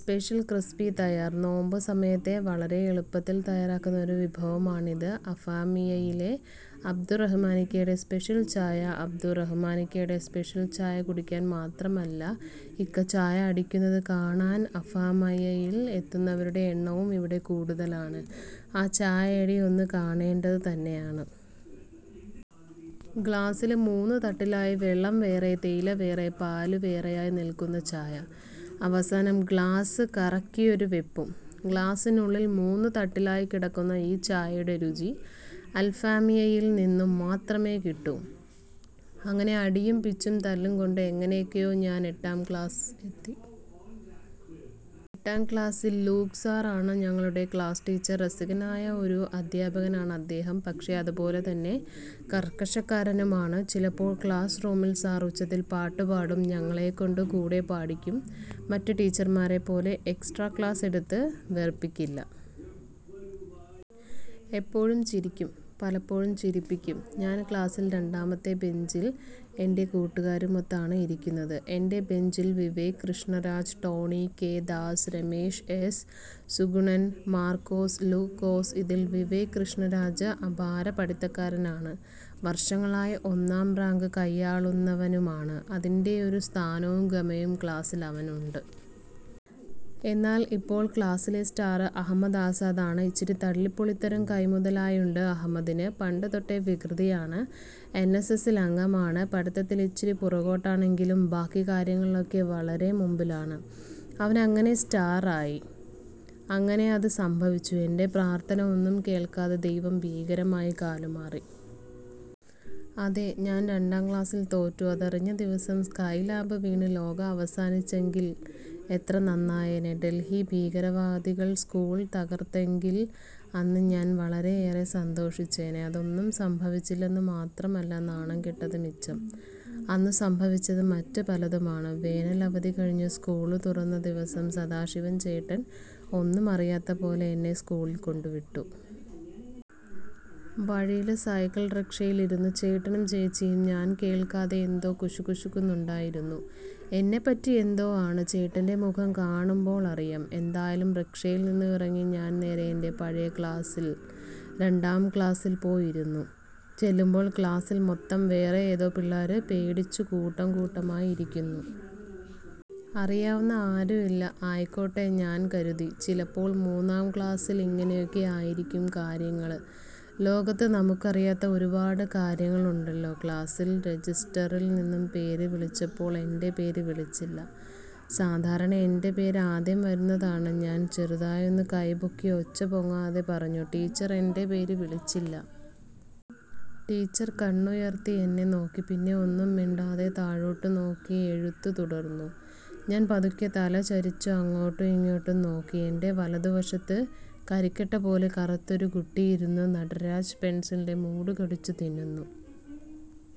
Special crispy തയ്യാര്. നോമ്പ് സമയത്ത് വളരെ എളുപ്പത്തില് തയ്യാറാക്കാവുന്ന ഒരു വിഭവമാണിത്. അഫാമിയയിലെ അബ്ദുറഹ്മാനിക്കാടെ സ്പെഷ്യല് ചായ അബ്ദു റഹ്മാനിക്കാടെ സ്പെഷ്യല് ചായ കുടിക്കാന് മാത്രമല്ല ഇക്ക ചായ അടിക്കുന്നത് കാണാന് അഫാമിയയില് എത്തുന്നവരുടെ എണ്ണവും ഇവിടെ കൂടുതലാണ്. ആ ചായയടി ഒന്നു കാണേണ്ടതു തന്നെയാണ്. ഗ്ലാസ്സില് മൂന്നു തട്ടിലായി വെള്ളം വേറെ, തേയില വേറെ, പാലു വേറെയായി നില്ക്കുന്ന ചായ. അവസാനം ഗ്ലാസ് കറക്കിയൊരു വെപ്പും. ഗ്ലാസിനുള്ളില് മൂന്നുതട്ടിലായി കിട്ടുന്ന ഈ ചായയുടെ രുചിയും അഫാമിയയില് നിന്നു മാത്രമേ കിട്ടൂ. അങ്ങനെ അടിയും പിച്ചും തല്ലും കൊണ്ട് എങ്ങനെയൊക്കെയോ ഞാന് എട്ടാം ക്ലാസ്ല് എത്തി. എട്ടാം ക്ലാസ്സില് ലൂക്ക് സാര് ആണ് ഞങ്ങളുടെ ക്ലാസ് ടീച്ചര്. രസികനായ ഒരു അധ്യാപകനാണ് അദ്ദേഹം. പക്ഷെ അതുപോലെ തന്നെ കര്ക്കശക്കാരനും ആണ്. ചിലപ്പോള് ക്ലാസ് റൂമില് സാര് ഉച്ചത്തില് പാട്ട് പാടും, ഞങ്ങളെ കൊണ്ട് കൂടെ പാടിക്കും. മറ്റു ടീച്ചര്മാരെ പോലെ എക്സ്ട്രാ ക്ലാസ് എടുത്ത് വെറുപ്പിക്കില്ല. എപ്പോഴും ചിരിക്കും. പലപ്പോഴും ചിരിപ്പിക്കും. ഞാന് ക്ലാസ്സില് രണ്ടാമത്തെ ബെഞ്ചില് എന്റെ കൂട്ടുകാരുമൊത്താണ് ഇരിക്കുന്നത്. എന്റെ ബെഞ്ചില് Vivek Krishnaraj, Tony K. Das, Ramesh S. Sugunan, Markose Lukose. ഇതില് വിവേക് കൃഷ്ണരാജ് അപാര പഠിത്തക്കാരനാണ്. വര്ഷങ്ങളായി ഒന്നാം റാങ്ക് കയ്യാള്ളുന്നവനുമാണ്. അതിന്റെയൊരു സ്ഥാനവും ഗമയും ക്ലാസ്സില് അവനുണ്ട്. എന്നാല് ഇപ്പോള് ക്ലാസ്സിലെ സ്റ്റാര് അഹമ്മദ് ആസാദ് ആണ്. ഇച്ചിരി തല്ലിപൊളിത്തരം കൈമുതലായുണ്ട് അഹമ്മദിന്. പണ്ട് തൊട്ടേ വികൃതിയാണ്. എന്സിസിയില് അംഗമാണ്. പഠിത്തത്തില് ഇച്ചിരി പുറകോട്ടാണ് എങ്കിലും ബാക്കി കാര്യങ്ങളിലൊക്കെ വളരെ മുമ്പിലാണ്. അവന് എങ്ങനെ സ്റ്റാര് ആയി. അങ്ങനെ അത് സംഭവിച്ചു. എന്റെ പ്രാര്ത്ഥന ഒന്നും കേള്ക്കാതെ ദൈവം ഭീകരമായി കാലുമാറി. അതെ. ഞാന് രണ്ടാം ക്ലാസ്സില് തോറ്റു. അതറിഞ്ഞ ദിവസം സ്കൈലാബ് വീണു ലോകം അവസാനിച്ചെങ്കില് എത്ര നന്നായേനെ. ഡല്ഹി ഭീകരവാദികള് സ്കൂള് തകര്ത്തെങ്കില് അന്ന് ഞാന് വളരെയേറെ സന്തോഷിച്ചേനെ. അതൊന്നും സംഭവിച്ചില്ലെന്നു മാത്രമല്ല നാണംകെട്ടത് മിച്ചം. അന്നു സംഭവിച്ചത് മറ്റു പലതുമാണ്. വേനല് അവധി കഴിഞ്ഞു സ്കൂള് തുറന്ന ദിവസം സദാശിവന് ചേട്ടന് ഒന്നുമറിയാത്ത പോലെ എന്നെ സ്കൂളില് കൊണ്ട് വിട്ടു. വഴിയില് സൈക്കിള് റിക്ഷയില് ഇരുന്നു ചേട്ടനും ചേച്ചിയും ഞാന് കേള്ക്കാതെ എന്തോ കുശുകുശുക്കുന്നുണ്ടായിരുന്നു. എന്നെപ്പറ്റി എന്തോ ആണ്. ചേട്ടന്റെ മുഖം കാണുമ്പോള് അറിയാം. എന്തായാലും റിക്ഷയില് നിന്നും ഇറങ്ങി ഞാന് നേരെ എന്റെ പഴയ ക്ലാസ്സില് രണ്ടാം ക്ലാസ്സില് പോയി ഇരുന്നു. ചെല്ലുമ്പോള് ക്ലാസ്സില് മൊത്തം വേറെ ഏതോ പിള്ളേര് പേടിച്ചു കൂട്ടം കൂട്ടമായി ഇരിക്കുന്നു. അറിയാവുന്ന ആരും ഇല്ല. ആയിക്കോട്ടെ, ഞാന് കരുതി. ചിലപ്പോള് മൂന്നാം ക്ലാസ്സില് ഇങ്ങനെയൊക്കെ ആയിരിക്കും കാര്യങ്ങള്. ലോകത്ത് നമ്മുക്കറിയാത്ത ഒരുപാടു കാര്യങ്ങള് ഉണ്ടല്ലോ. ക്ലാസ്സില് രെജിസ്റ്ററില് നിന്നും പേര് വിളിച്ചപ്പോള് എന്റെ പേര് വിളിച്ചില്ല. സാധാരണ എന്റെ പേര് ആദ്യം വരുന്നതാണ്. ഞാന് ചെറുതായൊന്നു കൈ പൊക്കി ഒച്ച പൊങ്ങാതെ പറഞ്ഞു,'ടീച്ചര് എന്റെ പേരു വിളിച്ചില്ല. ' ടീച്ചര് കണ്ണുയര്ത്തി എന്നെ നോക്കി. പിന്നെ ഒന്നും മിണ്ടാതെ താഴോട്ടു നോക്കി എഴുത്ത് തുടര്ന്നു. ഞാന് പതുക്കെ തല ചരിച്ചു അങ്ങോട്ടും ഇങ്ങോട്ടും നോക്കി. എന്റെ വലതു വശത്ത് കരിക്കട്ട പോലെ കറുത്ത ഒരു കുട്ടി ഇരുന്നു നടരാജ് പെന്സിലിന്റെ മൂട് കടിച്ചു തിന്നുന്നു.